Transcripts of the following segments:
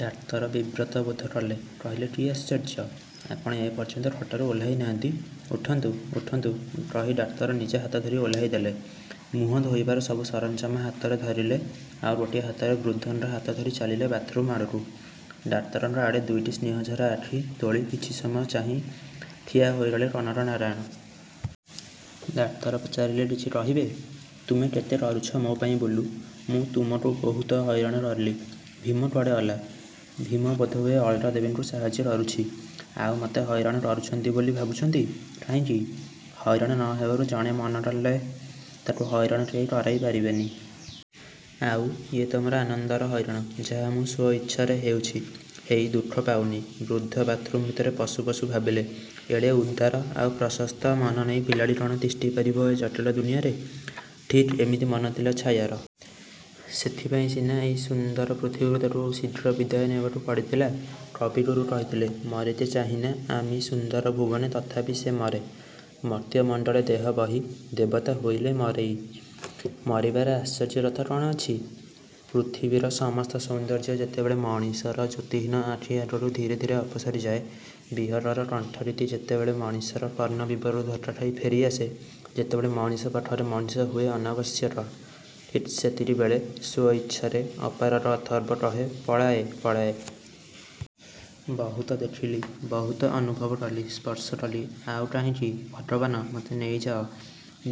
ଡାକ୍ତର ବିବ୍ରତ ବୋଧକଲେ। କହିଲେ କି ଆଶ୍ଚର୍ଯ୍ୟ! ଆପଣ ଏପର୍ଯ୍ୟନ୍ତ ଖଟରୁ ଓହ୍ଲାଇନାହାନ୍ତି! ଉଠନ୍ତୁ, ଉଠନ୍ତୁ କହି ଡାକ୍ତର ନିଜେ ହାତଧରି ଓହ୍ଲାଇଦେଲେ। ମୁହଁ ଧୋଇବାର ସବୁ ସରଞ୍ଜାମ ହାତରେ ଧରିଲେ ଆଉ ଗୋଟିଏ ହାତରେ ବୃଦ୍ଧଙ୍କ ହାତଧରି ଚାଲିଲେ ବାଥରୁମ୍ ଆଡ଼କୁ। ଡାକ୍ତରଙ୍କ ଆଡ଼େ ଦୁଇଟି ସ୍ନେହଝରା ଆଖି ତୋଳି କିଛିସମୟ ଚାହିଁ ଠିଆ ହୋଇଗଲେ କନକ ନାରାୟଣ। ଡାକ୍ତର ପଚାରିଲେ–କିଛି କହିବେ? ତୁମେ କେତେ କରୁଛ ମୋ ପାଇଁ ବୁଲୁ। ମୁଁ ତୁମକୁ ବହୁତ ହଇରାଣ କଲି। ଭୀମ କୁଆଡ଼େ ଗଲା? ଭୀମ ବୋଧହୁଏ ଅଳକାଦେବୀଙ୍କୁ ସାହାଯ୍ୟ କରୁଛି। ଆଉ ମତେ ହଇରାଣ କରୁଛନ୍ତି ବୋଲି ଭାବୁଛନ୍ତି, କାହିଁକି? ହଇରାଣ ନ ହେବାରୁ ଜଣେ ମନକଲେ ତାକୁ ହଇରାଣ କେହି କରାଇ ପାରିବେନି। ଆଉ ୟେ ତ ମୋର ଆନନ୍ଦର ହଇରାଣ। ଯାହା ମୁଁ ସ୍ୱଇଚ୍ଛାରେ ହେଉଛି। ହେଇ ଦୁଃଖ ପାଉନି। ବୃଦ୍ଧ ବାଥ୍ରୁମ୍ ଭିତରେ ପଶୁ ପଶୁ ଭାବିଲେ ଏଡ଼େ ଉଦାର ଆଉ ପ୍ରଶସ୍ତ ମନ ନେଇ ପିଲାଟି କ'ଣ ତିଷ୍ଠିପାରିବ ଏ ଜଟିଳ ଦୁନିଆଁରେ। ଠିକ୍ ଏମିତି ମନ ଥିଲା ଛାୟାର। ସେଥିପାଇଁ ସିନା ଏଇ ସୁନ୍ଦର ପୃଥିବୀରୁ ତାକୁ ଶୀଘ୍ର ବିଦାୟ ନେବାକୁ ପଡ଼ିଥିଲା। କବିଗୁରୁ କହିଥିଲେ 'ମରିତେ ଚାହିଁନା ଆମି ସୁନ୍ଦର ଭୂବନେ ତଥାପି ସେ ମରେ। ମର୍ତ୍ତ୍ୟ ମଣ୍ଡଳେ ଦେହ ବହି ଦେବତା ହୋଇଲେ ମରେଇ।'ମରିବାରେ ଆଶ୍ଚର୍ଯ୍ୟ କଥା କ'ଣ ଅଛି। ପୃଥିବୀର ସମସ୍ତ ସୌନ୍ଦର୍ଯ୍ୟ ଯେତେବେଳେ ମଣିଷର ଜ୍ୟୋତିହୀନ ଆଖିଆଗରୁ ଧୀରେ ଧୀରେ ଅପସରିଯାଏ, ବିହଗର କଣ୍ଠଗୀତି ଯେତେବେଳେ ମଣିଷର କର୍ଣ୍ଣବିବରରୁ ଧକ୍କା ଖାଇ ଫେରିଆସେ, ଯେତେବେଳେ ମଣିଷ ପାଖରେ ମଣିଷ ହୁଏ ଅନାବଶ୍ୟକ, ଠିକ୍ ସେତିକିବେଳେ ସ୍ୱଇଚ୍ଛାରେ ଅପାରଗ ଅଥର୍ବ କହେ ପଳାଏ ପଳାଏ। ବହୁତ ଦେଖିଲି, ବହୁତ ଅନୁଭବ କଲି, ସ୍ପର୍ଶ କଲି। ଆଉ କାହିଁକି। ଭଗବାନ ମତେ ନେଇଯାଅ,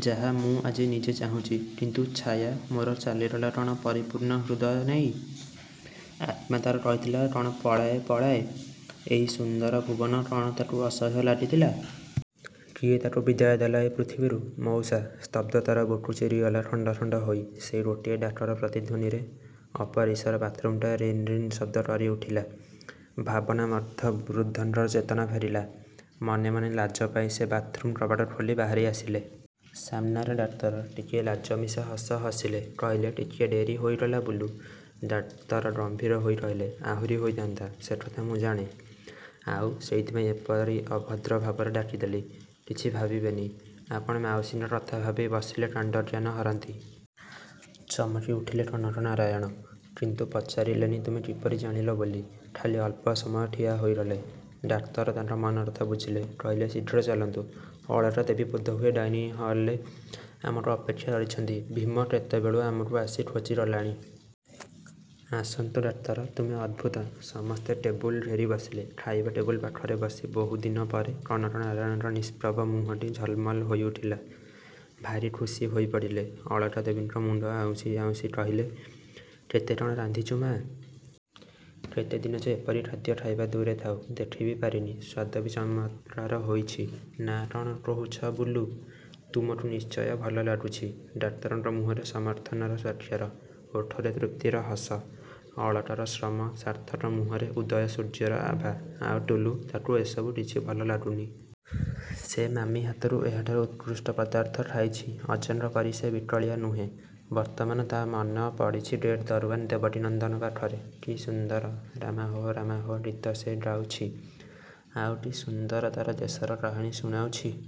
ଯାହା ମୁଁ ଆଜି ନିଜେ ଚାହୁଁଚି। କିନ୍ତୁ ଛାୟା ମୋର ଚାଲିଗଲା କ'ଣ ପରିପୂର୍ଣ୍ଣ ହୃଦୟ ନେଇ? ଆତ୍ମା ତା'ର କହିଥିଲା କ'ଣ ପଳାଏ ପଳାଏ? ଏଇ ସୁନ୍ଦର ଭୂବନ କ'ଣ ତାକୁ ଅସହ୍ୟ ଲାଗିଥିଲା? କିଏ ତାକୁ ବିଦାୟ ଦେଲା ଏଇ ପୃଥିବୀରୁ? ମଉସା! ସ୍ତବ୍ଧତାର ବୁକୁ ଚିରିଗଲା ଖଣ୍ଡ ଖଣ୍ଡ ହୋଇ। ସେଇ ଗୋଟିଏ ଡାକର ପ୍ରତିଧ୍ୱନିରେ ଅପରିସର ବାଥରୁମ୍ଟା ରିନ୍ ରିନ୍ ଶବ୍ଦ କରିଉଠିଲା। ଭାବନାମଗ୍ନ ବୃଦ୍ଧଙ୍କର ଚେତନା ଫେରିଲା। ମନେ ମନେ ଲାଜ ପାଇ ସେଇ ବାଥ୍ରୁମ୍ କବାଟ ଖୋଲି ବାହାରିଆସିଲେ। ସାମ୍ନାରେ ଡାକ୍ତର। ଟିକିଏ ଲାଜ ମିଶା ହସ ହସିଲେ। କହିଲେ ଟିକିଏ ଡେରି ହୋଇଗଲା ବୁଲୁ। ଡାକ୍ତର ଗମ୍ଭୀର ହୋଇ କହିଲେ ଆହୁରି ହୋଇଥାନ୍ତା। ସେକଥା ମୁଁ ଜାଣେ। ଆଉ ସେଇଥିପାଇଁ ଏପରି ଅଭଦ୍ର ଭାବରେ ଡାକିଦେଲି। କିଛି ଭାବିବେନି। ଆପଣ ମାଉସୀଙ୍କ କଥା ଭାବି ବସିଲେ କାଣ୍ଡଜ୍ଞାନ ହରାନ୍ତି। ଚମକିଉଠିଲେ କନକ ନାରାୟଣ। କିନ୍ତୁ ପଚାରିଲେନି ତୁମେ କିପରି ଜାଣିଲ ବୋଲି। ଖାଲି ଅଳ୍ପ ସମୟ ଠିଆ ହୋଇଗଲେ। ଡାକ୍ତର ତାଙ୍କ ମନକଥା ବୁଝିଲେ। କହିଲେ ଶୀଘ୍ର ଚାଲନ୍ତୁ। ଅଳକା ଦେବୀ ବୋଧହୁଏ ଡାଇନିଙ୍ଗ୍ ହଲରେ ଆମକୁ ଅପେକ୍ଷା କରିଛନ୍ତି। ଭୀମ କେତେବେଳୁ ଆସି ଆମକୁ ଖୋଜି ଗଲାଣି। ଆସନ୍ତୁ। ଡାକ୍ତର ତୁମେ ଅଦ୍ଭୁତ। ସମସ୍ତେ ଟେବୁଲ୍ ଘେରି ବସିଲେ। ଖାଇବା ଟେବୁଲ ପାଖରେ ବସି ବହୁଦିନ ପରେ କନକ ନାରାୟଣଙ୍କ ନିଷ୍ପ୍ରଭ ମୁହଁଟି ଝଲମଲ ହୋଇଉଠିଲା। ଭାରି ଖୁସି ହୋଇପଡ଼ିଲେ। ଅଳକା ଦେବୀଙ୍କ ମୁଣ୍ଡ ଆଉଁସି ଆଉଁସି, କହିଲେ କେତେ କ'ଣ ରାନ୍ଧିଛୁ ମା! କେତେଦିନ ଯେ ଏପରି ଖାଦ୍ୟ ଖାଇବା ଦୂରେ ଥାଉ, ଦେଖିବି ପାରିନି। ସ୍ୱାଦ ବି ଚମତ୍କାର ହୋଇଛି। ନା କ'ଣ କହୁଛ ବୁଲୁ? ତୁମକୁ ନିଶ୍ଚୟ ଭଲ ଲାଗୁଛି। ଡାକ୍ତରଙ୍କ ମୁହଁରେ ସମର୍ଥନର ସ୍ୱାକ୍ଷର। ଓଠରେ ତୃପ୍ତିର ହସ। ଅଳକାର ଶ୍ରମସାର୍ଥକ ମୁହଁରେ ଉଦୟସୂର୍ଯ୍ୟର ଆଭା। ଆଉ ଟୁଲୁ, ତାକୁ ଏ ସବୁ କିଛି ଭଲ ଲାଗୁନି। ସେ ମାମି ହାତରୁ ଏହାଠାରୁ ଉତ୍କୃଷ୍ଟ ପଦାର୍ଥ ଖାଇଛି। ଅଜାଙ୍କ ପରି ସେ ବିକଳିଆ ନୁହେଁ। ବର୍ତ୍ତମାନ ତା' ମନ ପଡ଼ିଛି ଗେଟ୍ ଦରୱାନ ଦେବକୀନନ୍ଦନ ପାଖରେ। କି ସୁନ୍ଦର "ରାମା ହୋ ରାମା ହୋ" ଗୀତ ସେ ଗାଉଛି। ଆଉ କି ସୁନ୍ଦର ତା'ର ଦେଶର କାହାଣୀ ଶୁଣାଉଛି।